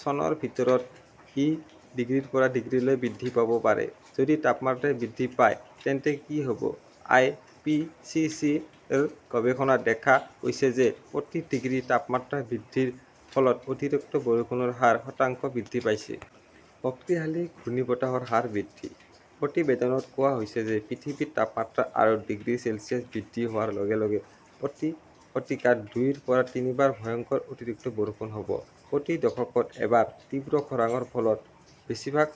চনৰ ভিতৰত ই ডিগ্ৰীৰ পৰা ডিগ্ৰীলৈ বৃদ্ধি পাব পাৰে। যদি তাপমাত্ৰা বৃদ্ধি পায় তেন্তে কি হ "ব? আই. পি. চি. চি. -ৰ গৱেষণাত দেখা গৈছে যে প্ৰতি ডিগ্ৰী তাপমাত্ৰা বৃদ্ধিৰ ফলত অতিৰিক্ত বৰষুণৰ হাৰ শতাংশ বৃদ্ধি পাইছে। শক্তিশালী ঘূৰ্ণীবতাহৰ হাৰ বৃদ্ধি। প্ৰতিবেদনত কোৱা হৈছে যে পৃথিৱীৰ তাপমাত্ৰা আৰু ডিগ্ৰী চেলছিয়াছ বৃদ্ধি হোৱাৰ লগে লগে প্ৰতি শতিকাত দুইৰ পৰা তিনিবাৰ ভয়ংকৰ অতিৰিক্ত বৰষুণ হ "ব। প্ৰতি দশকত এবাৰ তীব্ৰ খৰাংৰ ফলত বেছিভাগ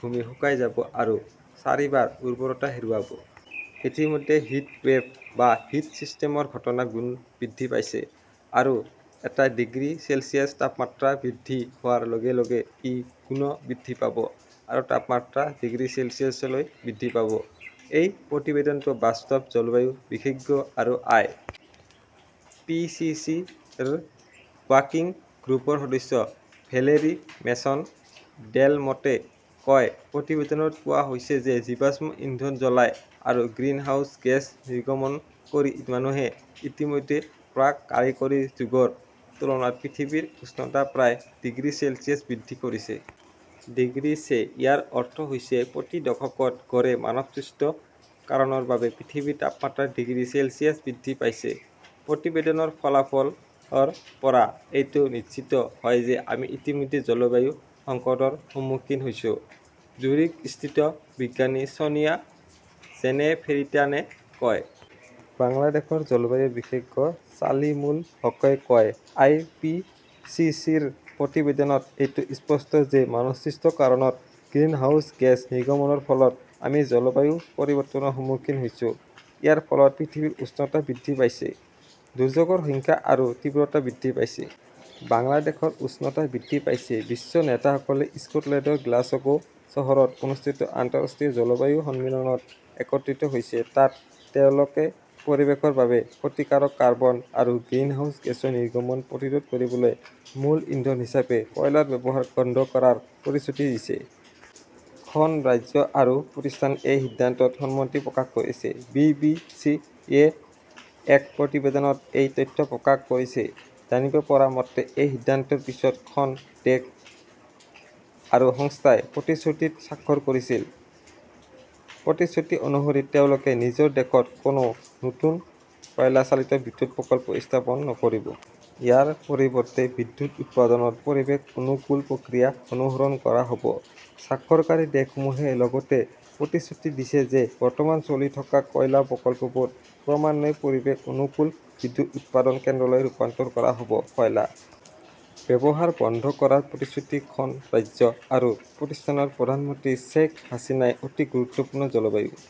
ভূমি শুকাই যাব আৰু চাৰিবাৰ উৰ্বৰতা হেৰুৱাব। ইতিমধ্যে হিট ৱেভ বা হিট ষ্ট্ৰীমৰ ঘটনা গুণ বৃদ্ধি পাইছে। আৰু এটা ডিগ্ৰী চেলছিয়াছ তাপমাত্ৰা বৃদ্ধি হোৱাৰ লগে লগে ই গুণ বৃদ্ধি পাব আৰু তাপমাত্ৰা ডিগ্ৰী চেলছিয়াছলৈ বৃদ্ধি পাব। "এই প্ৰতিবেদনটো বাস্তৱ", জলবায়ু বিশেষজ্ঞ আৰু আই. পি. চি. চি. -ৰ ৱৰ্কিং গ্ৰুপৰ সদস্য ভেলেৰী মেছন-ডেলমটে কয়। প্ৰতিবেদনত কোৱা হৈছে যে জীৱাশ্ম ইন্ধন জ্বলাই আৰু গ্ৰিনহাউজ গেছ নিৰ্গমন কৰি মানুহে ইতিমধ্যে প্ৰাক-কাৰিকৰী যুগৰ তুলনাত পৃথিৱীৰ উষ্ণতা প্ৰায় ডিগ্ৰী চেলছিয়াছ বৃদ্ধি কৰিছে। ডিগ্ৰী ছে।। ইয়াৰ অৰ্থ হৈছে প্ৰতি দশকত গড়ে মানৱসৃষ্ট কাৰণৰ বাবে পৃথিৱীৰ তাপমাত্ৰা ডিগ্ৰী চেলছিয়াছ বৃদ্ধি পাইছে। "প্ৰতিবেদনৰ ফলাফলৰ পৰা এইটো নিশ্চিত হয় যে আমি ইতিমধ্যে জলবায়ু সংকটৰ সন্মুখীন হৈছো", জুৰিকস্থিত বিজ্ঞানী ছোনিয়া জেনেফিৰাটনে কয়। বাংলাদেশৰ জলবায়ু বিশেষজ্ঞ চালিমুল হকই কয়, "আই. পি. চি. চি. -ৰ প্ৰতিবেদনত এইটো স্পষ্ট যে মানৱসৃষ্ট কাৰণত গ্ৰীণহাউছ গেছ নিৰ্গমনৰ ফলত আমি জলবায়ু পৰিৱৰ্তনৰ সন্মুখীন হৈছো। ইয়াৰ ফলত পৃথিৱীৰ উষ্ণতা বৃদ্ধি পাইছে। দুৰ্যোগৰ সংখ্যা আৰু তীব্ৰতা বৃদ্ধি পাইছে। "। বাংলাদেশৰ উষ্ণতা বৃদ্ধি পাইছে বিশ্ব নেতাসকলে স্কটলেণ্ডৰ গ্লাছগো চহৰত অনুষ্ঠিত আন্তঃৰাষ্ট্ৰীয় জলবায়ু সন্মিলনত একত্ৰিত হৈছে। তাত তেওঁলোকে পৰিৱেশৰ বাবে ক্ষতিকাৰক কাৰ্বন আৰু গ্ৰিনহাউজ গেছৰ নিৰ্গমন প্ৰতিৰোধ কৰিবলৈ মূল ইন্ধন হিচাপে কয়লাৰ ব্যৱহাৰ বন্ধ কৰাৰ প্ৰতিশ্ৰুতি দিছে। খন ৰাজ্য আৰু প্ৰতিষ্ঠানে এই সিদ্ধান্তত সন্মতি প্ৰকাশ কৰিছে। বি. বি. চি. -য়ে এক প্ৰতিবেদনত এই তথ্য প্ৰকাশ কৰিছে। জানিব পৰা মতে, এই সিদ্ধান্তৰ পিছত খন দেশ আৰু সংস্থাই প্ৰতিশ্ৰুতিত স্বাক্ষৰ কৰিছিল। প্ৰতিশ্ৰুতি অনুসৰি তেওঁলোকে নিজৰ দেশত কোনো নতুন কয়লা চালিত বিদ্যুৎ প্ৰকল্প স্থাপন নকৰিব। ইয়াৰ পৰিৱৰ্তে বিদ্যুৎ উৎপাদনত পৰিৱেশ অনুকূল প্ৰক্ৰিয়া অনুসৰণ কৰা হ "ব। স্বাক্ষৰকাৰী দেশসমূহে লগতে প্ৰতিশ্ৰুতি দিছে যে বৰ্তমান চলি থকা কয়লা প্ৰকল্পবোৰ ক্ৰমান্বয়ে পৰিৱেশ অনুকূল বিদ্যুৎ উৎপাদন কেন্দ্ৰলৈ ৰূপান্তৰিত কৰা হ 'ব। কয়লা ব্যৱহাৰ বন্ধ কৰাৰ প্ৰতিশ্ৰুতি খন ৰাজ্য আৰু প্ৰতিষ্ঠানৰ প্ৰধানমন্ত্ৰী শ্বেইখ হাছিনাই অতি গুৰুত্বপূৰ্ণ জলবায়ু